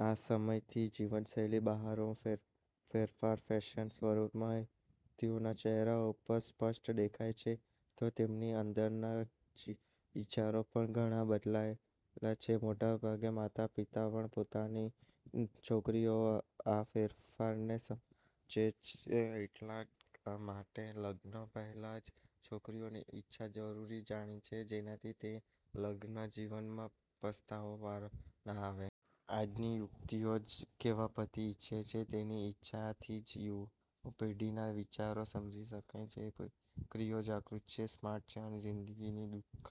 આ સમયની જીવનશૈલીમાં બહારનો ફેરફાર ફેશનના સ્વરૂપમાં યુવતીઓના ચહેરા ઉપર સ્પષ્ટ દેખાય છે તો તેમની અંદરના વિચારો પણ ઘણા બદલાયા છે. મોટાભાગનાં માતાપિતા પણ પોતાની છોકરીઓના આ ફેરફારને સમજે છે એટલા માટે લગ્ન પહેલાં છોકરીની ઈચ્છા જરૂર જાણી લે છે, જેનાથી તેને લગ્નજીવનમાં પસ્તાવાનો વારો ના આવે. આજની યુવતીઓ કેવો પતિ ઇચ્છે છે, તેની આ ઇચ્છાથી જ યુવા પેઢીના વિચારો સમજી શકાય છે. છોકરીઓ જાગૃત છે, સ્માર્ટ છે અને જિંદગીની દુ:ખદાયક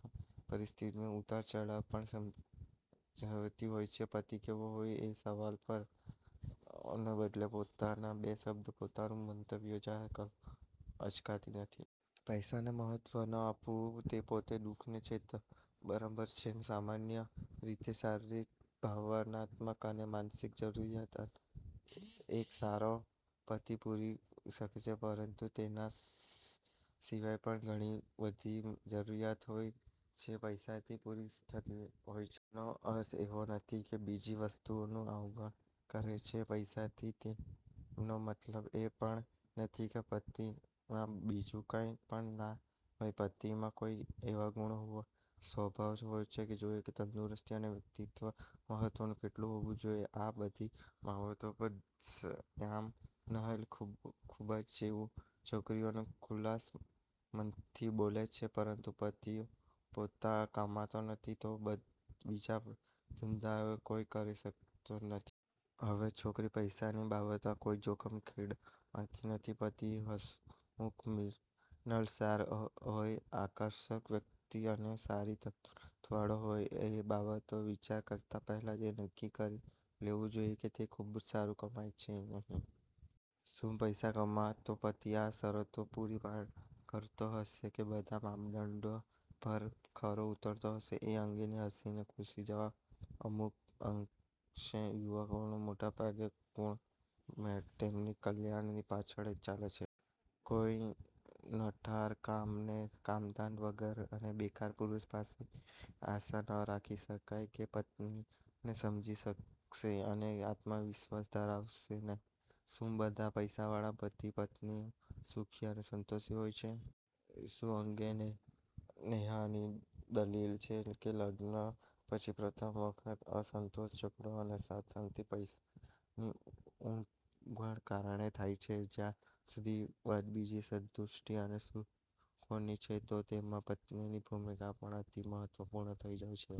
પરિસ્થિતિના ઉતારચઢાવ પણ સમજતી હોય છે. પતિ કેવો હોય, એ સવાલ પર શરમાવાને બદલે તે પોતાના બે શબ્દોમાં પોતાનું મંતવ્ય જાહેર કરવામાં અચકાતી નથી. પૈસાને મહત્ત્વ ન આપવું તે પોતે ખુદને છેતરવા બરાબર છે. સામાન્ય રીતે શારીરિક, ભાવનાત્મક અને માનસિક જરૂરિયાતો એક સારો પતિ પૂરી કરી શકે છે, પરંતુ તેના સિવાય પણ ઘણીબધી જરૂરિયાતો હોય છે જે પૈસાથી પૂરી થતી હોય છે. આનો અર્થ એવો નથી કે તે બીજી વસ્તુઓની અવગણના કરે છે. પૈસાથી તેમનો મતલબ એ પણ નથી કે પતિમાં બીજું કાંઈ પણ ના હોય. પતિમાં કેવા ગુણ હોવા, સ્વભાવ કેવો હોવો જોઈએ, તંદુરસ્તી અને વ્યક્તિત્ત્વનું મહત્ત્વ કેટલું હોવું જોઈએ, આ બધી બાબતો પર શ્યામા, નેહલ, ખુશબૂ જેવી છોકરીઓ ખુલ્લા મનથી બોલે છે, પરંતુ પતિ જો કમાતો નથી તો બીજા બધાનો કોઈ અર્થ જ નથી. હવે છોકરીઓ પૈસાની બાબતમાં કોઈ જોખમ ખેડવા માંગતી નથી. પતિ હસમુખો, મિલનસાર હોય, આર્કષક વ્યક્તિત્વ અને સારી તંદુરસ્તીવાળો હોય, એ બાબતોનો વિચાર કરતાં પહેલાં એ નક્કી કરી લેવું જોઈએ કે તે ખૂબ સારું કમાય છે કે નહીં. શું પૈસા કમાતો પતિ આ શરતોને પૂરી કરતો હશે કે બધા માપદંડો પર ખરો ઊતરતો હશે? એ અંગે હસીને ખુશી જવાબ આપે છે, "અમુક અંશે યુવકોના મોટાભાગના ગુણ તેમની કમાણીની પાછળ જ ચાલે છે. કોઈ નઠારાનકામા કે કામધંધા વગરના અને બેકાર પુરુષ પાસે એવી આશા ન રાખી શકાય કે તે પત્નીને સમજી શકશે અને આત્મવિશ્વાસ ધરાવતો હશે. " શું બધા પૈસાવાળા પતિની પત્નીઓ સુખી અને સંતોષી હોય છે? એ અંગે નેહાની દલીલ છે કે લગ્ન પછી પ્રથમ વખત અસંતોષ, ઝઘડો અને અશાંતિ પૈસાની ઊણપને કારણે જ થાય છે. જ્યાં સુધી વાત બીજી સંતુષ્ટિ અને સુખોની છે, તો તેમાં પત્નીની ભૂમિકા પણ અતિ મહત્ત્વપૂર્ણ થઈ જાય છે.